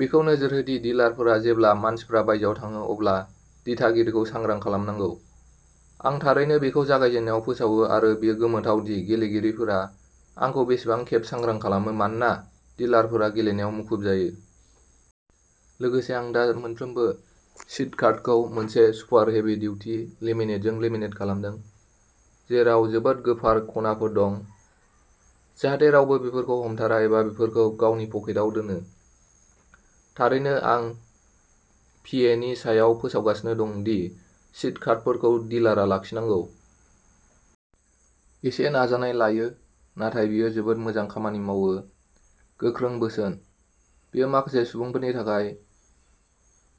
बेखौ नोजोर हो दि डिलारफोरा जेब्ला मानसिफ्रा बायजोआव थाङो अब्ला दिथागिरिखौ सांग्रां खालामनांगौ। आं थारैनो बेखौ जागायजेननायाव फोसावो आरो बेयो गोमोथाव दि गेलेगिरिफोरा आंखौ बेसेबां खेब सांग्रां खालामो मानोना डिलारफोरा गेलेनायाव मुखुब जायो। लोगोसे आं दा मोनफ्रोमबो सिट कार्डखौ मोनसे सुपार हेभि डिउटि लेमिनेटजों लेमिनेट खालामदों। जेराव जोबोद गोफार खनाफोर दं। जाहाथे रावबो बेफोरखौ हमथारा एबा बेफोरखौ गावनि पकेटाव दोनो। थारैनो आं पि ए नि सायाव फोसावगासिनो दं दि सिट कार्डफोरखौ डिलारआ लाखिनांगौ। एसे नाजानाय लायो। नाथाय बेयो जोबोद मोजां खामानि मावो। गोख्रों बोसोन। बेयो माखासे सुबुंफोरनि थाखाय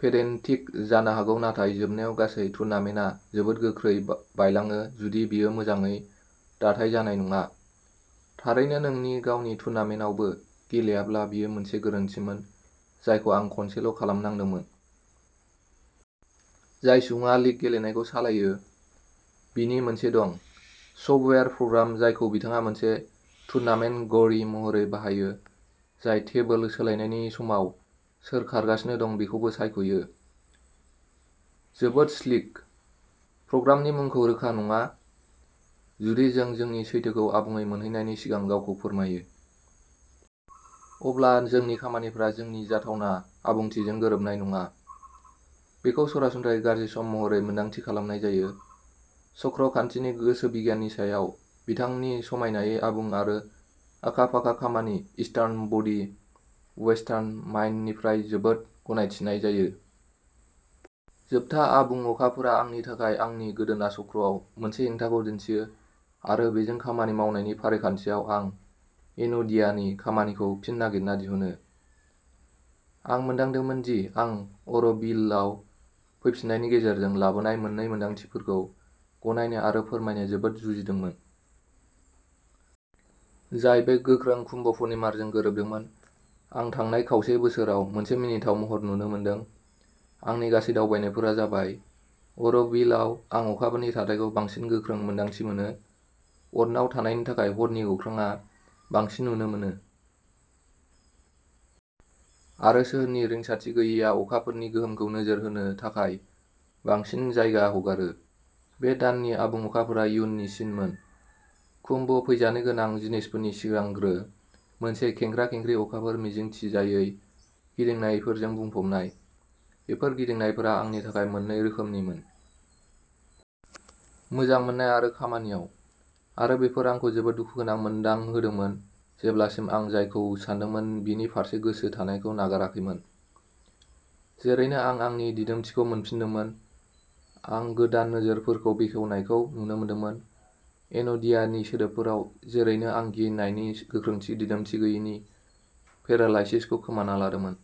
पेडेन्टिक जानो हागौ नाथाय जोबनायाव गासै टुर्नामेन्टआ जोबोद गोख्रै बायलाङो जुदि बेयो मोजाङै दाथाइ जानाय नङा। थारैनो नोंनि गावनि टुर्नामेन्टआवबो गेलेयाब्ला बेयो मोनसे गोरोन्थिमोन जायखौ आं खनसेल' खालामनांदोंमोन। जाय सुबुङा लीग गेलेनायखौ सालायो। बिनि मोनसे दं। सफ्टवेयार प्रग्राम जायखौ बिथाङा मोनसे टुरनामेन्ट घरि महरै बाहायो। जाय टेबोल सोलायनायनि समाव सोर खारगासिनो दं बेखौबो सायख'यो। जोबोद स्लिक। प्रग्रामनि मुंखौ रोखा नङा। जुदि जों जोंनि सैथोखौ आबुङै मोनहैनायनि सिगां गावखौ फोरमायो। अब्ला जोंनि खामानिफोरा जोंनि जाथावना आबुंथिजों गोरोबनाय नङा। बेखौ सरासनस्रायै गाज्रि सम महरै मोन्दांथि खालामनाय जायो। चक्र खान्थिनि गोसोबिगियाननि सायाव बिथांनि समायनायै आबुं आरो आखा-फाखा खामानि इस्टार्न बडी, वेस्टार्न माइन्ड निफ्राय जोबोद गनायथिनाय जायो। जोबथा आबुं अखाफोरा आंनि थाखाय आंनि गोदोना चक्रआव मोनसे हेंथाखौ दिन्थियो आरो बेजों खामानि मावनायनि फारिखान्थियाव आं एन'डियानि खामानिखौ फिन नागिरना दिहुनो। आं मोनदांदोंमोन दि आं अर'भिलआव फैफिननायनि गेजेरजों लाबोनाय मोननै मोनदांथिफोरखौ गनायनो आरो फोरमायनो जोबोद जुजिदोंमोन। जाय बे गोख्रों कुम्भ पुर्णिमाजों गोरोबदोंमोन। आं थांनाय खावसे बोसोराव मोनसे मिनिथाव महर नुनो मोनदों। आंनि गासैबो दावबायनायफोरा जाबाय। अर'भिलआव आं अखाफोरनि थाथायखौ बांसिन गोख्रों मोन्दांथि मोनो। अरनाव थानायनि थाखाय हरनि अख्राङा बांसिन नुनो मोनो। आरो सोहोरनि रिंसारथि गैयैआ अखाफोरनि गोहोमखौ नोजोर होनो थाखाय बांसिन जायगा हगारो। बे दाननि आबुं अखाफोरा इयुननि सिनमोन। कुम्भ फैजानो गोनां जिनिसफोरनि सिगांग्रो। मोनसे खेंख्रा-खेंख्रि अखाफोर मिजिंथिजायै गिदिंनायफोरजों बुंफबनाय। बेफोर गिदिंनायफोरा आंनि थाखाय मोननै रोखोमनिमोन। मोजां मोननाय आरो खामानियाव। आरो बेफोर आंखौ जोबोद दुखुगोनां मोनदांहोदोंमोन जेब्लासिम आं जायखौ सानदोंमोन बिनि फारसे गोसो थानायखौ नागाराखैमोन। जेरैनो आं आंनि दिदोमथिखौ मोनफिनदोंमोन। आं गोदान नोजोरफोरखौ बेखेवनायखौ नुनो मोनदोंमोन। एन'डियानि सोदोबफोराव, जेरैनो आं गिनायनि गोख्रोंथि दिदोमथि गैयैनि पेरालाइसिसखौ खोमाना लादोंमोन।